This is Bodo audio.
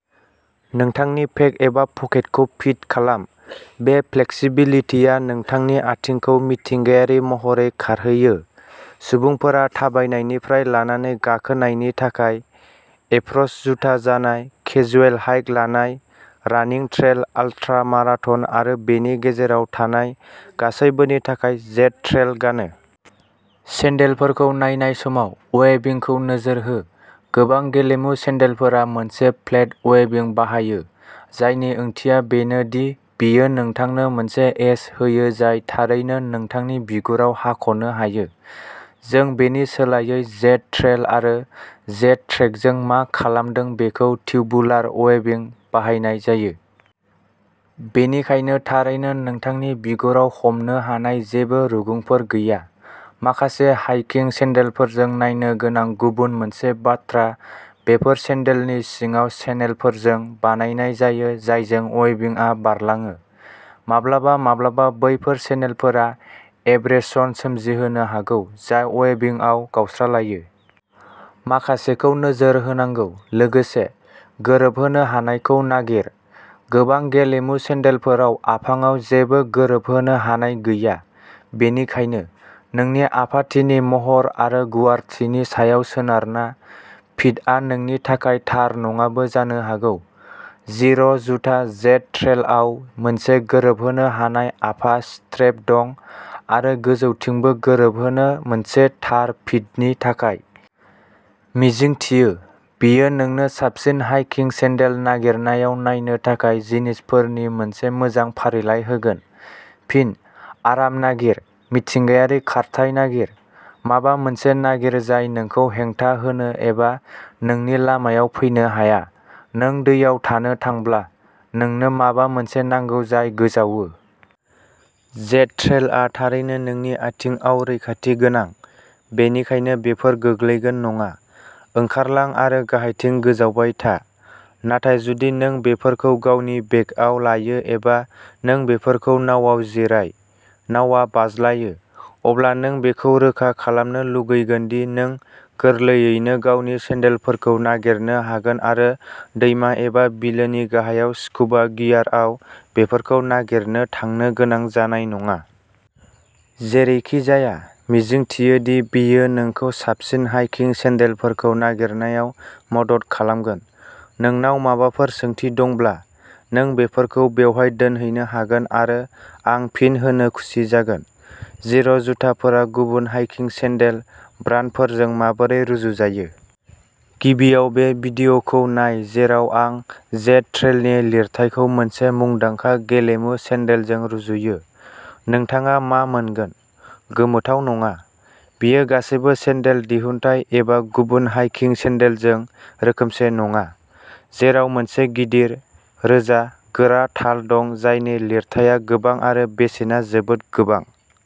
नोंथांनि पेक एबा पकेटखौ फिट खालाम। बे फ्लेक्सिबिलिटिआ नोंथांनि आथिंखौ मिथिंगायारि महरै खारहोयो। सुबुंफोरा थाबायनायनिफ्राय लानानै गाखोनायनि थाखाय एप्र’च जुथा जानाय, केजुएल हाइक लानाय, रानिं ट्रेल आल्ट्रा माराथन आरो बेनि गेजेराव थानाय गासैबोनि थाखाय जेड-ट्रेल गानो। सेन्डलफोरखौ नायनाय समाव, वेबिंखौ नोजोर हो। गोबां गेलेमु सेन्डलफोरा मोनसे फ्लेट वेबिं बाहायो, जायनि ओंथिया बेनो दि बेयो नोंथांनो मोनसे एज होयो जाय थारैनो नोंथांनि बिगुराव हाख'नो हायो। जों बेनि सोलायै जेड-ट्रेल आरो जेड-ट्रेकजों मा खालामदों बेखौ टिउबुलार वेबिं बाहायनाय जायो। बेनिखायनो थारैनो नोंथांनि बिगुराव हमनो हानाय जेबो रुगुंफोर गैया। माखासे हाइकिं सेन्डलफोरजों नायनो गोनां गुबुन मोनसे बाथ्रा बेफोर सेन्डलनि सिङाव चेनेलफोरजों बानायनाय जायो जायजों वेबिंआ बारलाङो। माब्लाबा माब्लाबा बैफोर चेनेलफोरा एब्रेशन सोमजिहोनो हागौ, जाय वेबिंआव गावस्रालायो। माखासेखौ नोजोर होनांगौ। लोगोसे, गोरोबहोनो हानायखौ नागिर। गोबां गेलेमु सेन्देलफोराव आफाङाव जेबो गोरोबहोनो हानाय गैया। बेनिखायनो, नोंनि आफाथिनि महर आरो गुवारथिनि सायाव सोनारना फिटआ नोंनि थाखाय थार नङाबो जानो हागौ। जिर' जुथा जेड-ट्रेलआव मोनसे गोरोबहोनो हानाय आफा स्ट्रेप दं आरो गोजौथिंबो गोरोबहोयो मोनसे थार फिटनि थाखाय। मिजिंथियो, बेयो नोंनो साबसिन हाइकिं सेन्देल नागिरनायाव नायनो थाखाय जिनिसफोरनि मोनसे मोजां फारिलाइ होगोन। फिन, आराम नागिर, मिथिंगायारि खारथाइ नागिर, माबा मोनसे नागिर जाय नोंखौ हेंथा होनो एबा नोंनि लामायाव फैनो हाया। नों दैयाव थानो थांब्ला, नोंनो माबा मोनसे नांगौ जाय गोजावो। जेड-ट्रेलआ थारैनो नोंनि आथिंआव रैखाथि गोनां, बेनिखायनो बेफोर गोग्लैगोन नङा। ओंखारलां आरो गाहायथिं गोजावबाय था। नाथाय जुदि नों बेफोरखौ गावनि बेगआव लायो एबा नों बेफोरखौ नावाव जिराय, नावआ बाज्लायो, अब्ला नों बेखौ रोखा खालामनो लुगैगोन दि नों गोरलैयैनो गावनि सेन्देलफोरखौ नागिरनो हागोन आरो दैमा एबा बिलोनि गाहायाव स्कुबा गियारआव बेफोरखौ नागिरनो थांनो गोनां जानाय नङा। जेरैखिजाया, मिजिंथियो दि बेयो नोंखौ साबसिन हाइकिं सेन्देलफोरखौ नागिरनायाव मदद खालामगोन। नोंनाव माबाफोर सोंथि दंब्ला, नों बेफोरखौ बेवहाय दोनहैनो हागोन आरो आं फिन होनो खुसि जागोन। जिर'जुथाफोरा गुबुन हाइकिं सेन्देल ब्रान्डफोरजों माबोरै रुजुजायो? गिबियाव बे भिडिय'खौ नाय जेराव आं जेड-ट्रेलनि लिरथायखौ मोनसे मुंदांखा गेलेमु सेन्देलजों रुजुयो। नोंथाङा मा मोनगोन, गोमोथाव नङा, बेयो गासैबो सेन्देल दिहुनथाय एबा गुबुन हाइकिं सेन्देलजों रोखोमसे नङा, जेराव मोनसे गिदिर, रोजा, गोरा थाल दं जायनि लिरथाया गोबां आरो बेसेना जोबोद गोबां।